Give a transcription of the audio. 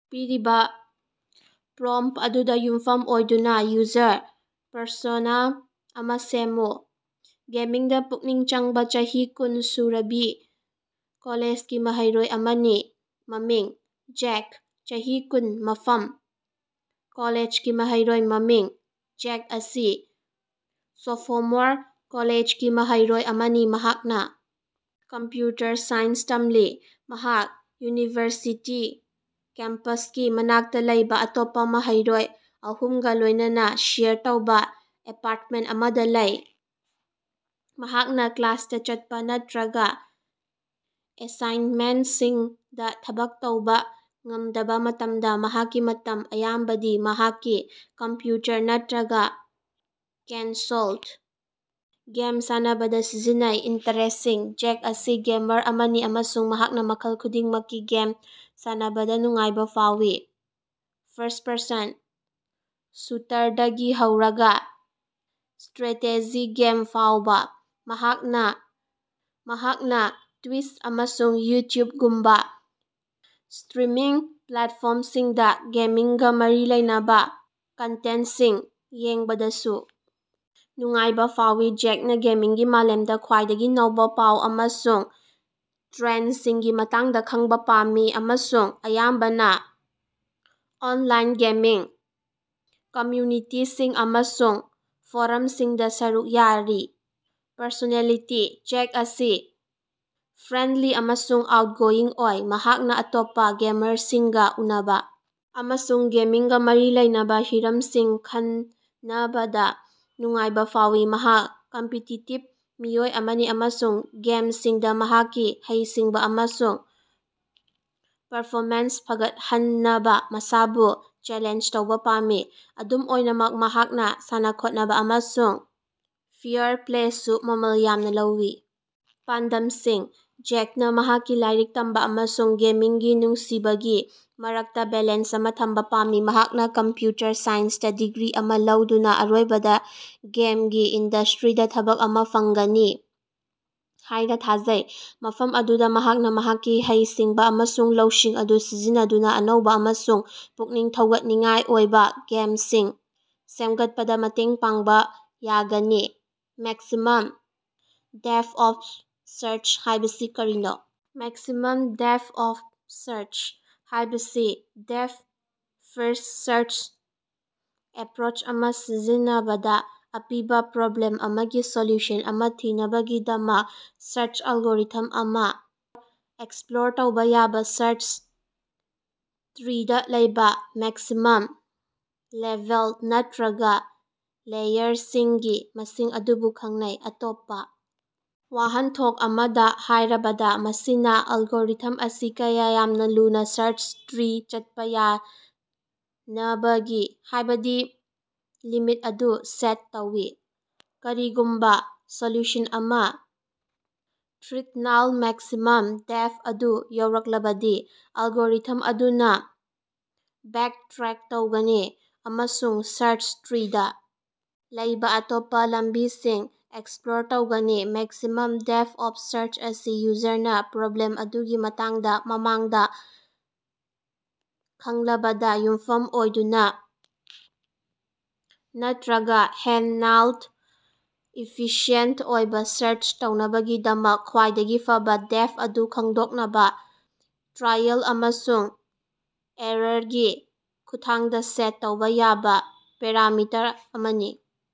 ꯄꯤꯔꯤꯕ ꯄ꯭ꯔꯣꯝꯞꯇ ꯑꯗꯨꯗ ꯌꯨꯝꯐꯝ ꯑꯣꯏꯗꯨꯅ ꯌꯨꯖꯔ ꯄꯔꯁꯣꯅꯥ ꯑꯃ ꯁꯦꯝꯃꯨ꯫ ꯒꯦꯃꯤꯡꯗ ꯄꯨꯛꯅꯤꯡ ꯆꯪꯕ ꯆꯍꯤ ꯀꯨꯟ ꯁꯨꯔꯕꯤ ꯀꯣꯂꯦꯖꯒꯤ ꯃꯍꯩꯔꯣꯏ ꯑꯃꯅꯤ꯫ ꯃꯃꯤꯡ: ꯖꯦꯛ ꯆꯍꯤ: ꯀꯨꯟ ꯃꯐꯝ: ꯀꯣꯂꯦꯖꯒꯤ ꯃꯍꯩꯔꯣꯏ ꯃꯃꯤꯡ: ꯖꯦꯛ ꯑꯁꯤ ꯁꯣꯐꯣꯃꯣꯔ ꯀꯣꯂꯦꯖꯒꯤ ꯃꯍꯩꯔꯣꯏ ꯑꯃꯅꯤ, ꯃꯍꯥꯛꯅ ꯀꯝꯄꯌꯨꯇꯔ ꯁꯥꯏꯟꯁ ꯇꯝꯂꯤ꯫ ꯃꯍꯥꯛ ꯌꯨꯅꯤꯚꯔꯁꯤꯇꯤ ꯀꯦꯝꯄꯁꯀꯤ ꯃꯅꯥꯛꯇ ꯂꯩꯕ ꯑꯇꯣꯞꯄ ꯃꯍꯩꯔꯣꯏ ꯑꯍꯨꯝꯒ ꯂꯣꯏꯅꯅ ꯁꯦꯌꯔ ꯇꯧꯕ ꯑꯦꯄꯥꯔꯇꯃꯦꯟꯇ ꯑꯃꯗ ꯂꯩ꯫ ꯃꯍꯥꯛꯅ ꯀ꯭ꯂꯥꯁꯇꯥ ꯆꯠꯄ ꯅꯠꯇ꯭ꯔꯒꯥ ꯑꯦꯁꯥꯏꯟꯃꯦꯟꯇꯁꯤꯡꯗ ꯊꯕꯛ ꯇꯧꯕ ꯉꯝꯗꯕ ꯃꯇꯝꯗ ꯃꯍꯥꯛꯀꯤ ꯃꯇꯝ ꯑꯌꯥꯝꯕꯗꯤ ꯃꯍꯥꯛꯀꯤ ꯀꯝꯄꯌꯨꯇꯔ ꯅꯠꯇ꯭ꯔꯒ ꯀꯟꯁꯣꯜꯗ ꯒꯦꯝ ꯁꯥꯟꯅꯕꯗ ꯁꯤꯖꯤꯟꯅꯩ꯫ ꯏꯟꯇꯔꯦꯁ꯭ꯇꯁꯤꯡ: ꯖꯦꯛ ꯑꯁꯤ ꯒꯦꯃꯔ ꯑꯃꯅꯤ ꯑꯃꯁꯨꯡ ꯃꯍꯥꯛꯅ ꯃꯈꯜ ꯈꯨꯗꯤꯡꯃꯛꯀꯤ ꯒꯦꯝ ꯁꯥꯟꯅꯕꯗ ꯅꯨꯡꯉꯥꯏꯕ ꯐꯥꯎꯏ, ꯐꯥꯔꯁ-ꯄꯔꯁꯟ ꯁꯨꯇꯔꯗꯒꯤ ꯍꯧꯔꯒꯥ ꯏꯁ꯭ꯇꯔꯦꯇꯦꯖꯤ ꯒꯦꯝ ꯐꯥꯎꯕ꯫ ꯃꯍꯥꯛꯅ ꯇ꯭ꯌꯨꯏꯠ ꯑꯃꯁꯨꯡ ꯌꯨꯇꯨꯎꯕꯒꯨꯝꯕ ꯏꯁ꯭ꯇꯔꯤꯝꯃꯤꯡ ꯄ꯭ꯂꯦꯠꯐꯣꯔꯝꯁꯤꯡꯗ ꯒꯦꯃꯤꯡꯒꯥ ꯃꯔꯤ ꯂꯩꯅꯕ ꯀꯟꯇꯦꯟꯇꯁꯤꯡ ꯌꯦꯡꯕꯗꯁꯨ ꯅꯨꯡꯉꯥꯏꯕ ꯐꯥꯎꯏ꯫ ꯖꯦꯛꯅ ꯒꯦꯃꯤꯡꯒꯤ ꯃꯥꯂꯦꯝꯗ ꯈ꯭ꯋꯥꯏꯗꯒꯤ ꯅꯧꯕ ꯄꯥꯎ ꯑꯃꯁꯨꯡ ꯇ꯭ꯔꯦꯟꯗꯁꯤꯡꯒꯤ ꯃꯇꯥꯡꯗ ꯈꯪꯕ ꯄꯥꯝꯃꯤ ꯑꯃꯁꯨꯡ ꯑꯌꯥꯝꯕꯅ ꯑꯣꯟꯂꯥꯏꯟ ꯒꯦꯃꯤꯡ ꯀꯝꯝꯌꯨꯅꯤꯇꯤꯁꯤꯡ ꯑꯃꯁꯨꯡ ꯐꯣꯔꯝꯁꯤꯡꯗ ꯁꯔꯨꯛ ꯌꯥꯔꯤ꯫ ꯄꯔꯁꯣꯅꯦꯂꯤꯇꯤ: ꯖꯦꯛ ꯑꯁꯤ ꯐ꯭ꯔꯦꯟꯗꯂꯤ ꯑꯃꯁꯨꯡ ꯑꯥꯎꯠꯒꯣꯌꯤꯡ ꯑꯣꯏ꯫ ꯃꯍꯥꯛꯅ ꯑꯇꯣꯞꯄ ꯒꯦꯃꯔꯁꯤꯡꯒ ꯎꯅꯕ ꯑꯃꯁꯨꯡ ꯒꯦꯃꯤꯡꯒ ꯃꯔꯤ ꯂꯩꯅꯕ ꯍꯤꯔꯝꯁꯤꯡ ꯈꯟꯅꯕꯗ ꯅꯨꯡꯉꯥꯏꯕ ꯐꯥꯎꯏ꯫ ꯃꯍꯥꯛ ꯀꯝꯄꯤꯇꯤꯇꯤꯕ ꯃꯤꯑꯣꯏ ꯑꯃꯅꯤ ꯑꯃꯁꯨꯡ ꯒꯦꯃꯁꯤꯡꯗ ꯃꯍꯥꯛꯀꯤ ꯍꯩꯁꯤꯡꯕ ꯑꯃꯁꯨꯡ ꯄꯔꯐꯣꯃꯦꯟꯁ ꯐꯒꯠꯍꯟꯅꯕ ꯃꯁꯥꯕꯨ ꯆꯦꯂꯦꯟꯖ ꯇꯧꯕ ꯄꯥꯝꯃꯤ꯫ ꯑꯗꯨꯝ ꯑꯣꯏꯅꯃꯛ ꯃꯍꯥꯛꯅ ꯁꯥꯟꯅ-ꯈꯣꯠꯅꯕ ꯑꯃꯁꯨꯡ ꯐꯦꯌꯔ ꯄ꯭ꯂꯦꯜꯁꯨ ꯃꯃꯜ ꯌꯥꯝꯅ ꯂꯧꯏ꯫ ꯄꯥꯟꯗꯝꯁꯤꯡ: ꯖꯦꯛꯅ ꯃꯍꯥꯛꯀꯤ ꯂꯥꯏꯔꯤꯛ ꯇꯝꯕ ꯑꯃꯁꯨꯡ ꯒꯦꯃꯤꯡꯒꯤ ꯅꯨꯡꯁꯤꯕꯒꯤ ꯃꯔꯛꯇꯥ ꯕꯦꯂꯦꯟꯁ ꯑꯃ ꯊꯝꯕ ꯄꯥꯝꯃꯤ꯫ ꯃꯍꯥꯛꯅ ꯀꯝꯄꯌꯨꯇꯔ ꯁꯥꯏꯟꯁꯇ ꯗꯤꯒ꯭ꯔꯤ ꯑꯃ ꯂꯧꯗꯨꯅ ꯑꯔꯣꯏꯕꯗ ꯒꯦꯃꯤꯡ ꯏꯟꯗꯁ꯭ꯇꯔꯤꯗ ꯊꯕꯛ ꯑꯃ ꯐꯪꯒꯅꯤ ꯍꯥꯏꯅ ꯊꯥꯖꯩ, ꯃꯐꯝ ꯑꯗꯨꯗ ꯃꯍꯥꯛꯅ ꯃꯍꯥꯛꯀꯤ ꯍꯩꯁꯤꯡꯕ ꯑꯃꯁꯨꯡ ꯂꯧꯁꯤꯡ ꯑꯗꯨ ꯁꯤꯖꯤꯟꯅꯗꯨꯅ ꯑꯅꯧꯕ ꯑꯃꯁꯨꯡ ꯄꯨꯛꯅꯤꯡ ꯊꯧꯒꯠꯅꯤꯡꯉꯥꯏ ꯑꯣꯏꯕ ꯒꯦꯃꯁꯤꯡ ꯁꯦꯝꯒꯠꯄꯗ ꯃꯇꯦꯡ ꯄꯥꯡꯕ ꯌꯥꯒꯅꯤ꯫ ꯃꯦꯛꯁꯤꯃꯝ ꯗꯦꯞꯊ ꯑꯣꯐ ꯁꯥꯔꯆ ꯍꯥꯏꯕꯁꯤ ꯀꯔꯤꯅꯣ? ꯃꯦꯛꯁꯤꯃꯝ ꯗꯦꯞꯊ ꯑꯣꯐ ꯁꯥꯔꯆ ꯍꯥꯏꯕꯁꯤꯅ, ꯗꯦꯞꯊ-ꯐꯥꯔꯁ꯭ꯠ ꯁꯥꯔꯆ ꯑꯦꯄꯔꯣꯆ ꯑꯃ ꯁꯤꯖꯤꯟꯅꯕꯗ, ꯑꯄꯤꯕ ꯄ꯭ꯔꯣꯕ꯭ꯂꯦꯝ ꯑꯃꯒꯤ ꯁꯣꯂꯨꯁꯟ ꯑꯃ ꯊꯤꯅꯕꯒꯤꯗꯃꯛ ꯁꯥꯔꯆ ꯑꯦꯜꯒꯣꯔꯤꯊꯝ ꯑꯃꯅ ꯑꯦꯛꯁꯄ꯭ꯂꯣꯔ ꯇꯧꯕ ꯌꯥꯕ ꯁꯥꯔꯆ ꯇ꯭ꯔꯤꯗ ꯂꯩꯕ ꯃꯦꯛꯁꯤꯃꯝ ꯂꯦꯚꯦꯜ, ꯅꯠꯇꯔꯒ ꯂꯦꯌꯔꯁꯤꯡꯒꯤ ꯃꯁꯤꯡ ꯑꯗꯨꯕꯨ ꯈꯪꯅꯩ꯫ ꯑꯇꯣꯞꯄ ꯋꯥꯍꯟꯊꯣꯛ ꯑꯃꯗ ꯍꯥꯏꯔꯕꯗ, ꯃꯁꯤꯅꯥ ꯑꯦꯜꯒꯣꯔꯤꯊꯝ ꯑꯁꯤ ꯀꯌꯥ ꯌꯥꯝꯅ ꯂꯨꯅ ꯁꯥꯔꯆ ꯇ꯭ꯔꯤ ꯆꯠꯄ ꯌꯥꯅꯕꯒꯤ ꯍꯥꯏꯕꯒꯤ ꯂꯤꯃꯤꯠ ꯑꯗꯨ ꯁꯦꯠ ꯇꯧꯏ꯫ ꯀꯔꯤꯒꯨꯝꯕ ꯁꯣꯂꯨꯁꯟ ꯑꯃ ꯊꯤꯗꯅꯥꯜ ꯃꯦꯛꯁꯤꯃꯝ ꯗꯦꯞꯊ ꯑꯗꯨ ꯌꯧꯔꯛꯂꯕꯗꯤ, ꯑꯦꯜꯒꯣꯔꯤꯊꯝ ꯑꯗꯨꯅ ꯕꯦꯀꯠꯔꯦꯛ ꯇꯧꯒꯅꯤ ꯑꯃꯁꯨꯡ ꯁꯥꯔꯆ ꯇ꯭ꯔꯤꯗ ꯂꯩꯕ ꯑꯇꯣꯞꯄ ꯂꯝꯕꯤꯁꯤꯡ ꯑꯦꯛꯁꯄ꯭ꯂꯣꯔ ꯇꯧꯒꯅꯤ꯫ ꯃꯦꯛꯁꯤꯃꯝ ꯗꯦꯞꯊ ꯑꯣꯐ ꯁꯥꯔꯆ ꯑꯁꯤ ꯌꯨꯖꯔꯅ ꯄ꯭ꯔꯣꯕ꯭ꯂꯦꯝ ꯑꯗꯨꯒꯤ ꯃꯇꯥꯡꯗ ꯃꯃꯥꯡꯗ ꯈꯪꯂꯕꯗ ꯌꯨꯝꯐꯝ ꯑꯣꯏꯗꯨꯅ ꯅꯠꯇꯔꯒꯥ ꯍꯦꯟꯅꯥꯜ ꯏꯐꯤꯁꯤꯑꯦꯟꯇ ꯑꯣꯏꯕ ꯁꯥꯔꯆ ꯇꯧꯅꯕꯒꯤꯗꯃꯛ ꯈ꯭ꯋꯥꯏꯗꯒꯤ ꯐꯥꯕ ꯗꯦꯞꯊ ꯑꯗꯨ ꯈꯪꯗꯣꯛꯅꯕꯥ ꯇ꯭ꯔꯥꯏꯑꯦꯜ ꯑꯃꯁꯨꯡ ꯑꯦꯔꯥꯔꯒꯤ ꯈꯨꯠꯊꯥꯡꯗ ꯁꯦꯠ ꯇꯧꯕꯥ ꯌꯥꯕ ꯄꯦꯔꯥꯃꯤꯇꯔ ꯑꯃꯅꯤ꯫